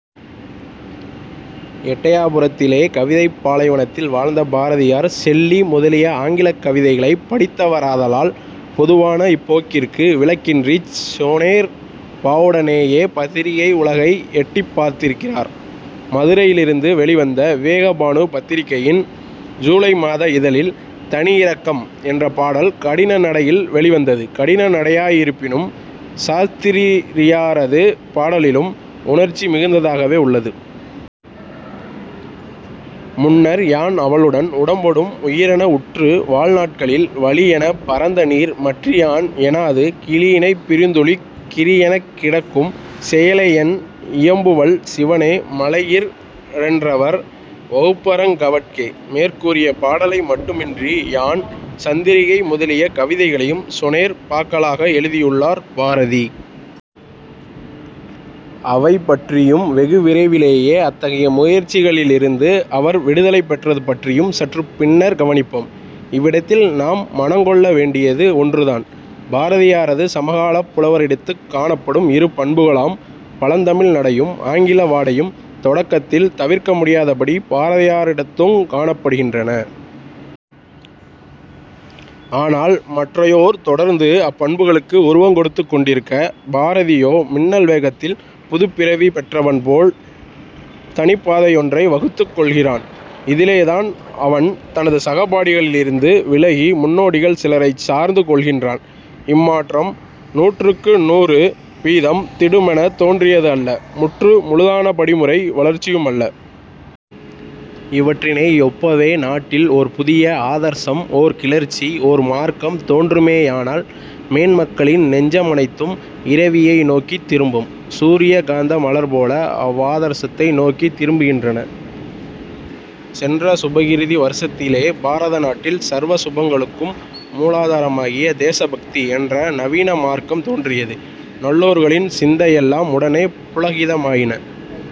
எட்டயபுரத்திலே கவிதைப் பாலைவனத்தில் வாழ்ந்த பாரதியார் ஷெல்லி முதலிய ஆங்கிலக் கவிகளைப் படித்தவராதலால், பொதுவான இப்போக்கிற்கு விலக்கின்றிச் 'சொனேற்' பாவுடனேயே பத்திரிகை உலகை எட்டிப் பார்த்திருக்கிறார். மதுரையிலிருந்து வௌிவந்த "விவேகபானு" பத்திரிகையின் ஜூலை மாத இதழில் தனியிரக்கம் என்ற பாடல் கடினநடையில் வௌிவந்தது, கடின நடையாயிருப்பினும் சாஸ்திரிரியாரது பாடலிலும் உணர்ச்சி மிகுந்ததாகவே உள்ளது. முன்னர் யான் அவளுடன் உடம்பொடும் உயிரென உற்று வாழ் நாட்களில் வளியென பறந்தநீர் மற்றியான் எனாது கிளியினைப் பிரிந்துழிக் கிரியெனக் கிடக்கும் செயலையென் இயம்புவல் சிவனே மயலையிற் றென்றெவர் வகுப்பரங் கவட்கே. " மேற்கூறிய பாடலை மட்டுமன்றி யான், சந்திரிகை முதலிய கவிதைகளையும் சொனேற் பாக்களாக எழுதியுள்ளார் பாரதி. அவை பற்றியும் வெகு விரைவிலேயே அத்தகைய முயற்சிகளிலிருந்து அவர் 'விடுதலை' பெற்றது பற்றியும் சற்றுப் பின்னர் கவனிப்போம். இவ்விடத்தில் நாம் மனங்கொள்ள வேண்டியது ஒன்று தான். பாரதியாரது சமகாலப் புலவரிடத்துக் காணப்படும் இரு பண்புகளாம் பழந்தமிழ் நடையும், ஆங்கில வாடையும் தொடக்கத்தில் தவிர்க்க முடியாதபடி பாரதியிடத்துங் காணப்படுகின்றன. ஆனால் மற்றையோர் தொடர்ந்து அப்பண்புகளுக்கு உருவங்கொடுத்துக் கொண்டிருக்க, பாரதியோ மின்னல் வேகத்தில் புதுப்பிறவி பெற்றவன் போல் தனிப்பாதையொன்றை வகுத்துக் கொள்கிறான். இதிலேதான் அவன் தனது சகபாடிகளிலிருந்து விலகி, முன்னோடிகள் சிலரைச் சார்ந்து கொள்கின்றான். இம்மாற்றம் நூற்றுக்கு நூறு வீதம் திடுமெனத் தோன்றியது அல்ல; முற்று முழுதானபடிமுறை வளர்ச்சியுமல்ல. இவற்றினை யொப்பவே, நாட்டில் ஓர் புதிய ஆதர்சம்-ஒர் கிளர்ச்சி-ஓர் மார்க்கம் தோன்றுமேயானால் மேன்மக்களின் நெஞ்ச மனைத்தும் இரவியை நோக்கித் திரும்பும் சூரிய காந்த மலர்போல அவ்வாதர்சத்தை நோக்கித் திரும்புகின்றன. சென்ற சுபகிருது வருஷத்திலே பாரத நாட்டில் சர்வ சுபங்களுக்கும் மூலாதாரமாகிய "தேசபக்தி" என்ற நவீன மார்க்கம் தோன்றியது, நல்லோர்களின் சிந்தையெல்லாம் உடனே புளகிதமாயின.